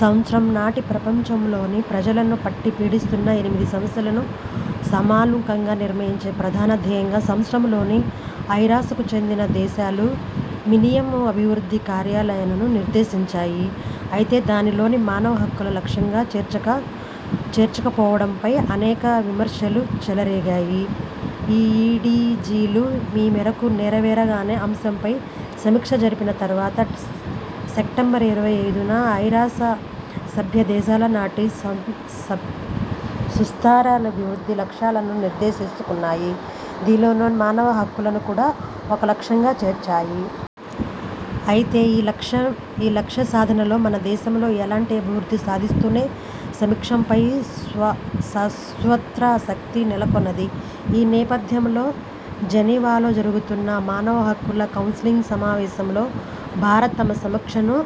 సంవత్సరం నాటికి ప్రపంచం లోని ప్రజలను పట్టి పీడిస్తున్న ఎనిమిది సమస్యలను సమూలంగా నిర్మూలించటమే ప్రధాన ధ్యేయంగా సంవత్సరంలో ఐరాసకు చెందిన దేశాలు మిలీనియం అభివృద్ధి కార్యాలయలను నిర్దేశించాయి. అయితే దీనిలో మానవ హక్కులను ఒక లక్ష్యంగా చేర్చకపోవటంపై అనేక విమర్శలు చెలరేగాయి. ఈ ఎండీజీలు ఏ మేరకు నెర వేరాయనే అంశంపై సమీక్ష జరిపిన తర్వాత, సెప్టెంబర్ ఇరవై ఐదున ఐరాస సభ్య దేశాలు నాటికి సుస్థరాభివృద్ధి లక్ష్యాలను నిర్దేశించుకున్నాయి దీనిలో మానవ హక్కులను కూడా ఒక లక్ష్యంగా చేర్చాయి. అయితే ఈ లక్ష్య సాధనలో మన దేశంలో ఎలాంటి అభివృద్ధి సాధి స్థూననే సమీక్షపై సర్వత్రా ఆసక్తి నెలకొంది. ఈ నేపథ్యంలో జనీవాలో జరుగుతున్న మానవ హక్కుల కౌన్సిల్ సమావేశంలో భారత్ తమ సమీక్షను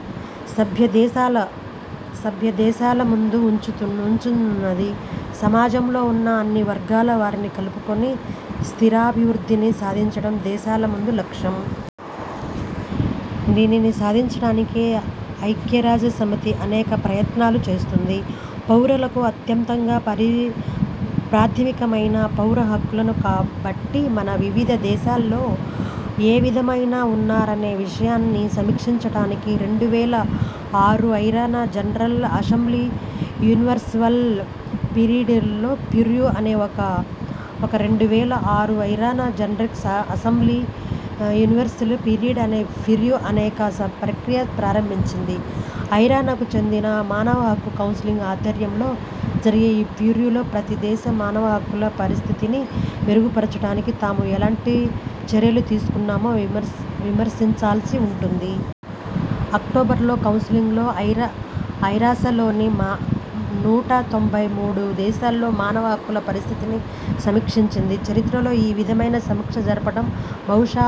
సభ్య దేశాల ముందు ఉంచనుంది. సమాజంలో ఉన్న అన్ని వర్గాల వారిని కలుపుకొని స్థిరాభివృద్ధిని సాధించటం దేశాల ముందు ఉన్న లక్ష్యం. దీనిని సాధించటానికి ఐక్యరాజ్య సమితి అనేక ప్రయత్నాలు చేస్తోంది. పౌరులకు అత్యంత ప్రాథమికమైనవి పౌర హక్కులు కాబట్టి మాన వివిధ దేశాల్లో ఏ విధంగా ఉన్నాయనే విషయాన్ని సమీక్షించటానికి రెండు వేల ఆరులో ఐరాస general assembly universal periodic review అనే ఒక ప్రక్రియను ప్రారంభించింది ఐరాసకు చెందిన మానవహక్కుల కౌన్సిల్ ఆధ్వర్యంలో జరిగే ఈ రివ్యూలో ప్రతి దేశం మానవ హక్కుల పరిస్థితిని మెరుగుపరచటానికి తాము ఎలాంటి చర్యలు తీసుకున్నామో వివరించాల్సి ఉంటుంది. అక్టోబర్లో కౌన్సిల్ ఐరాసలోని నూట తొంభై మూడు దేశాల్లోని మానవ హక్కుల పరిస్థితిని సమీక్షించింది చరిత్రలో ఈ విధమైన సమీక్ష జరగటం బహుశా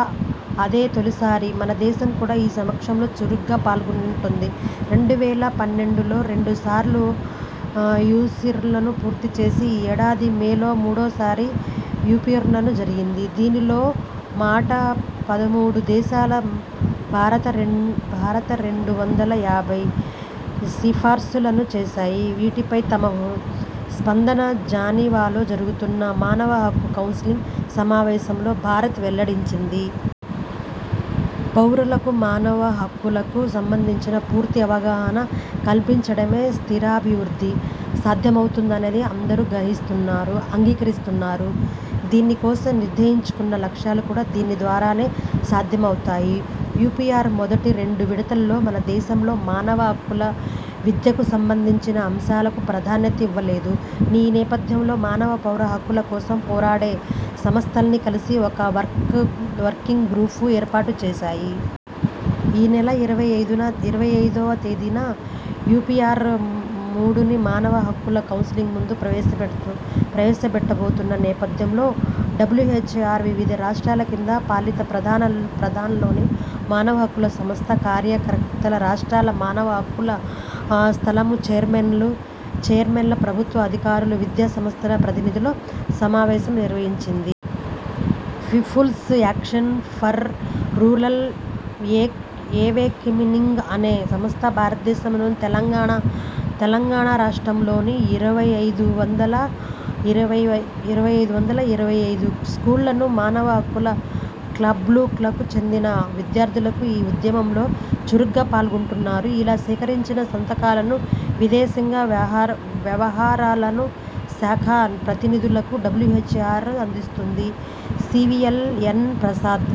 అదే తొలిసారి. మన దేశం కూడా ఈ సమీక్షల్లో చురుకుగా పాల్గొంటోంది. రెండు వేల పన్నెండులలో రెండు సార్లు యూపీఆర్ను పూర్తి చేసి ఈ ఏడాది మేలో మూడో సారి యూపీఆర్ను జరిపింది దీనిలో మాట పదమూడు దేశాలు భారత్కు రెండు వందల యాభై సిఫార్సులను చేశాయి వీటిపై తమ స్పందనను జనీవాలో జరుగుతున్న మానవ హక్కుల కౌన్సిల్ సమావేశంలో భారత్ వెల్లడించనుంది. పౌరులకు మానవుల హక్కులకు సంబంధించిన పూర్తి అవగాహన కల్పించడమె స్థిరాభివృద్ధి సాధ్యమవుతుందనేది అందరూ అంగీకరిస్తారు. దీని కోసం నిర్దేశించుకున్న లక్ష్యాలు కూడా దీని ద్వారానే సాధ్యమవుతాయి. యూపీఆర్ మొదటి, రెండు విడతలలో మన దేశం మానవ హక్కుల విద్యకు సంబంధించిన అంశాలకు ప్రాధాన్యత ఇవ్వలేదు. ఈ నేపథ్యంలో మానవ, పౌర హక్కుల కోసం పోరాడే సంస్థలన్నీ కలిసి ఒక వర్కింగ్ గ్రూప్ను ఏర్పాటుచేశాయి. ఈ నెల ఇరవై ఐదువ తేదీన యూపీఆర్ మూడుని మానవ హక్కుల కౌన్సిల్ ముందు ప్రవేశపెట్టబోతున్న నేపథ్యంలో డబ్ల్యుజీహెచ్ఆర్ వివిధ రాష్ట్రాలు, కేంద్ర పాలిత ప్రాంతాల్లోని మానవ హక్కుల సంస్థల కార్యకర్తలు, రాష్ట్రాల మానవ హక్కుల సంస్థల ఛైర్మన్లు, ప్రభుత్వ అధికారులు, విద్యా సంస్థల ప్రతినిధులతో సమావేశాలు నిర్వహించింది. People's action for rural awakening అనే సంస్థ ఆంధ్రప్రదేశ్, తెలంగాణ రాష్ట్రాలోని ఐదు వందల ఇరవై ఐదు స్కూళ్లలోని మానవ హక్కుల క్లబ్లకు చెందిన విద్యార్థులు ఈ ఉద్యమంలో చురుకుగా పాల్గొంటున్నారు. ఇలా సేకరించిన సంతకాలను విదేశాంగ వ్యవహారాల శాఖ ప్రతినిధులకు డబ్ల్యుజీహెచ్ఆర్ అందిస్తుంది. C. V. L. N. Prasad